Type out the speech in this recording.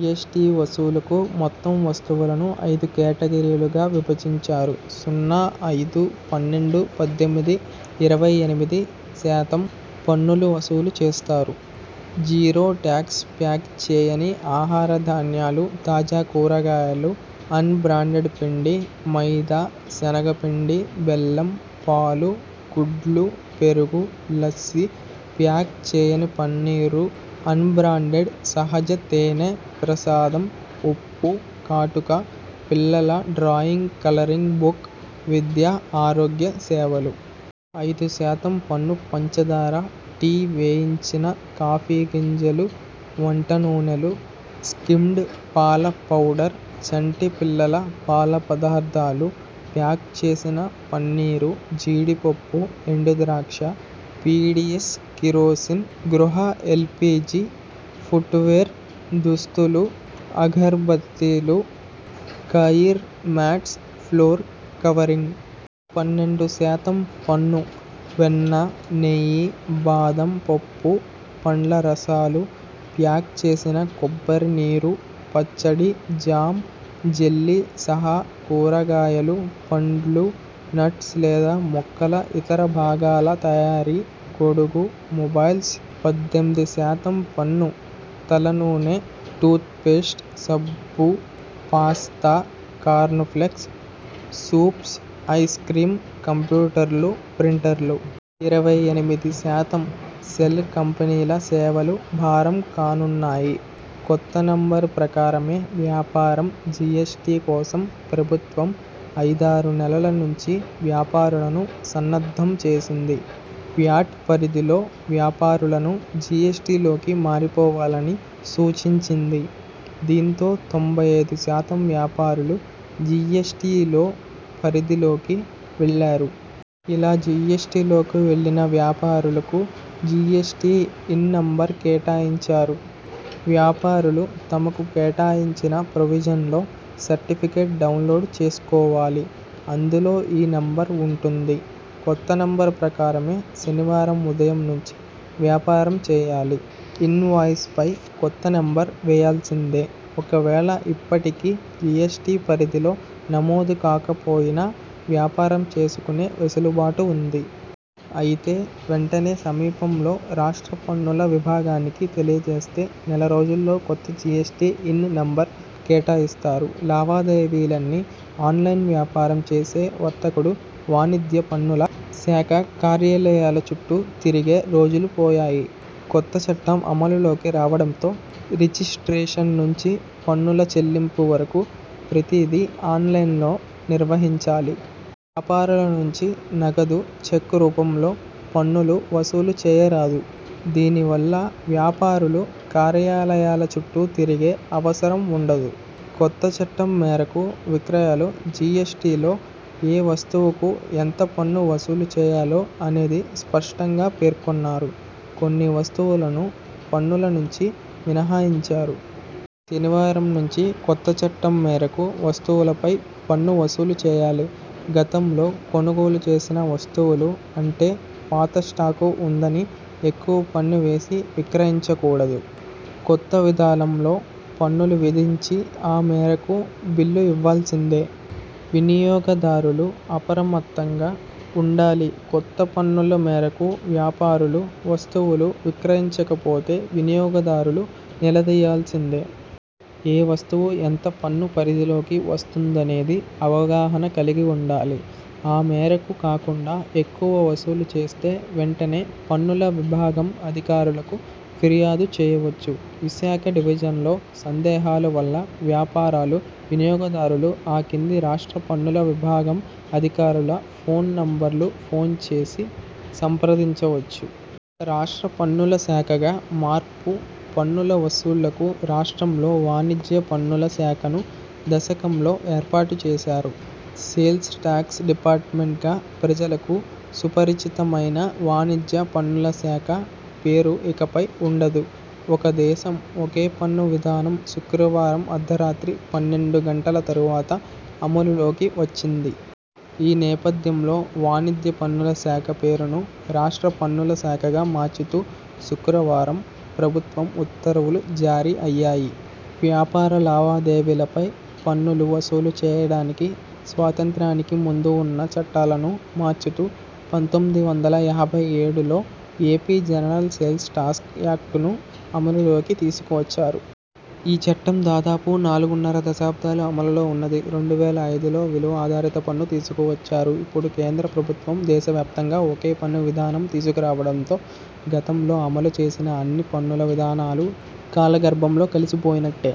GST వసూలుకు మొత్తం వస్తువులను ఐదు కేటగిరీలుగా విభజించారు. సున్నా, ఐదు, పన్నెండు, పద్దెనిమిది, ఇరవై ఎనిమిది శాతం పన్నులు వసూలు చేస్తారు. జీరో టాక్స్ ప్యాక్ చేయని ఆహార ధాన్యాలు, తాజా కూరగాయలు, అన్ బ్రాండెడ్ పిండి, మైదా, శనగపిండి, బెల్లం, పాలు, గుడ్లు, పెరుగు, లస్సీ, ప్యాక్ చేయని పన్నీరు, అన్ బ్రాండెడ్ సహజ తేనె, ప్రసాదం, ఉప్పు, కాటుక, పిల్లల డ్రాయింగ్ కలరింగ్ బుక్, విద్య, ఆరోగ్య సేవలు. ఐదు శాతం పన్ను పంచాదార, టీ, వేయించిన కాఫీ గింజలు, వంట నూనెలు, స్కిమ్డ్ పాల పౌడర్, చంటి పిల్లల పాల పదార్థాలు, ప్యాక్ చేసిన పన్నీరు, జీడి పప్పు, ఎండు ద్రాక్ష, పీడీఎస్ కిరోసిన్, గృహ ఎల్పీజీ, ఫుట్వేర్, దుస్తులు, అగర్బత్తీలు, కాయిర్ మ్యాట్స్, ఫ్లోర్ కవరింగ్. పన్నెండు శాతం పన్ను.. వెన్న, నెయ్యి, బాదం పప్పు, పండ్లరసాలు, ప్యాక్ చేసిన కొబ్బరి నీరు, పచ్చడి, జామ్, జెల్లీ సహా కూరగాయలు, పండ్లు, నట్స్ లేదా మొక్కల ఇతర భాగాల తయారీ, గొడుగు, మొబైల్స్. పద్దెనిమిది శాతం పన్ను.. తలనూనె, టూత్ పేస్ట్, సబ్బు, pasta, corn flakes, soups, ice cream, కంప్యూటర్లు, ప్రింటర్లు. ఇరవై ఎనిమిది శాతం.. సెల్ కంపెనీల సేవలు భారం కానున్నాయి. కొత్త నంబర్ ప్రకారమే వ్యాపారం జీఎస్టీ కోసం ప్రభుత్వం ఐదారు నెలల నుంచి వ్యాపారులను సన్నద్ధం చేసింది. వ్యాట్ పరిధిలో వ్యాపారులను జీఎస్టీలోకి మారిపోవాలని సూచించింది. దీంతో తొంభై ఐదు శాతం వ్యాపారులు జీఎస్టీలో పరిధిలోకి వెళ్లారు. ఇలా జీఎస్టీలోకి వెళ్లిన వ్యాపారులకు జీఎస్టీ ఇన్ నంబర్ కేటాయించారు. వ్యాపారులు తమకు కేటాయించిన ప్రొవిజినల్ సర్టిఫికెట్ డౌన్లోడ్ చేసుకోవాలి. అందులో ఈ నంబర్ వుంటుంది. కొత్త నంబర్ ప్రకారమే శనివారం ఉదయం నుంచి వ్యాపారం చేయాలి. ఇన్వాయిస్ పై కొత్త నంబర్ వేయాల్సిందే. ఒకవేళ ఇప్పటికీ జీఎస్టీ పరిధిలో నమోదు కాకపోయినా వ్యాపారం చేసుకునే వెసులుబాటు వుంది. అయితే వెంటనే సమీపంలో రాష్ట్ర పన్నుల విభాగానికి తెలియజేస్తే నెల రోజుల్లో కొత్త జీఎస్టీ ఇన్ నంబరు కేటాయిస్తారు. లావాదేవీలన్నీ ఆన్లైన్లోవ్యాపారం చేసే వర్తకుడు వాణిజ్య పన్నుల శాఖ కార్యాలయాల చుట్టూ తిరిగే రోజులు పోయాయి. కొత్తచట్టం అమలులోకి రావడంతో రిజిస్ట్రేషన్ నుంచి పన్నుల చెల్లింపు వరకు ప్రతిదీ ఆన్లైన్లో నిర్వహించాలి. వ్యాపారుల నుంచి నగదు, చెక్కు రూపంలో పన్నులు వసూలు చేయరాదు. దీని వల్ల వ్యాపారులు కార్యాలయాల చుట్టూ తిరిగే అవసరం వుండదు. కొత్త చట్టం మేరకు విక్రయాలు జీఎస్టీలో ఏ వస్తువుకు ఎంత పన్ను వసూలు చేయాలో అనేది స్పష్టంగా పేర్కొన్నారు. కొన్ని వస్తువులను పన్నుల నుంచి మినహాయించారు. శనివారం నుంచి కొత్త చట్టం మేరకు వస్తువులపై పన్ను వసూలుచేయాలి. గతంలో కొనుగోలు చేసిన వస్తువులు అంటే పాత స్టాకు వుందని ఎక్కువ పన్ను వేసి విక్రయించకూడదు. కొత్త విధానంలో పన్నులు విధించి ఆ మేరకు బిల్లు ఇవ్వాల్సిందే. వినియోగదారులు అప్రమత్తంగా వుండాలికొత్త పన్నుల మేరకు వ్యాపారులు వస్తువులు విక్రయించకపోతే వినియోగదారులు నిలదీయాల్సిందే. ఏ వస్తువు ఎంత పన్ను పరిధిలోకి వస్తుందనేది అవగాహన కలిగి వుండాలి. ఆ మేరకు కాకుండా ఎక్కువ వసూలు చేస్తే వెంటనే పన్నుల విభాగం అధికారులకు ఫిర్యాదు చేయవచ్చు. విశాఖ డివిజన్లో సందేహాలు వల్ల వ్యాపారులు, వినియోగదారులు ఆ కింది రాష్ట్ర పన్నుల విభాగం అధికారుల ఫోన్ నంబర్లకు ఫోన్ చేసి సంప్రదించవచ్చు. రాష్ట్ర పన్నుల శాఖగా మార్పు పన్నుల వసూళ్లకు రాష్ట్రంలో వాణిజ్య పన్నుల శాఖను దశకంలో ఏర్పాటుచేశారు. సేల్స్ ట్యాక్స్ డిపార్టుమెంట్గా ప్రజలకు సుపరిచితమైన వాణిజ్య పన్నుల శాఖ పేరు ఇకపై వుండదు. ఒకే దేశం.. ఒకే పన్ను విధానం శుక్రవారం అర్ధరాత్రి పన్నెండు గంటల తరువాత అమలులోకి వచింది. ఈ నేపథ్యంలో వాణిజ్య పన్నుల శాఖ పేరును రాష్ట్ర పన్నుల శాఖగా మార్చుతూ శుక్రవారం ప్రభుత్వం ఉత్తర్వులు జారీ అయ్యాయి. వ్యాపార లావాదేవీల పై పన్నులు వసూలు చేయడానికి స్వాతంత్ర్యానికి ముందు వున్న చట్టాలను మార్చుతూ పంతొమ్మిది వందల యాభై ఏడులో ఏపీ జనరల్ సేల్స్ టాక్స్ యాక్టును అమలులోకి తీసుకువచ్చారు. ఈ చట్టం దాదాపు నాలుగున్నర దశాబ్దాలు అమలులో వున్నది. రెండు వేల ఐదులో విలువ ఆధారితపన్ను తీసుకువచ్చారు. ఇప్పుడు కేంద్ర ప్రభుత్వం దేశవ్యాప్తంగా ఒకే పన్ను విధానం తీసుకురావడంతో గతంలో అమలు చేసిన అన్ని పన్నుల విధానాలు కాలగర్భంలో కలిసిపోయినట్టే.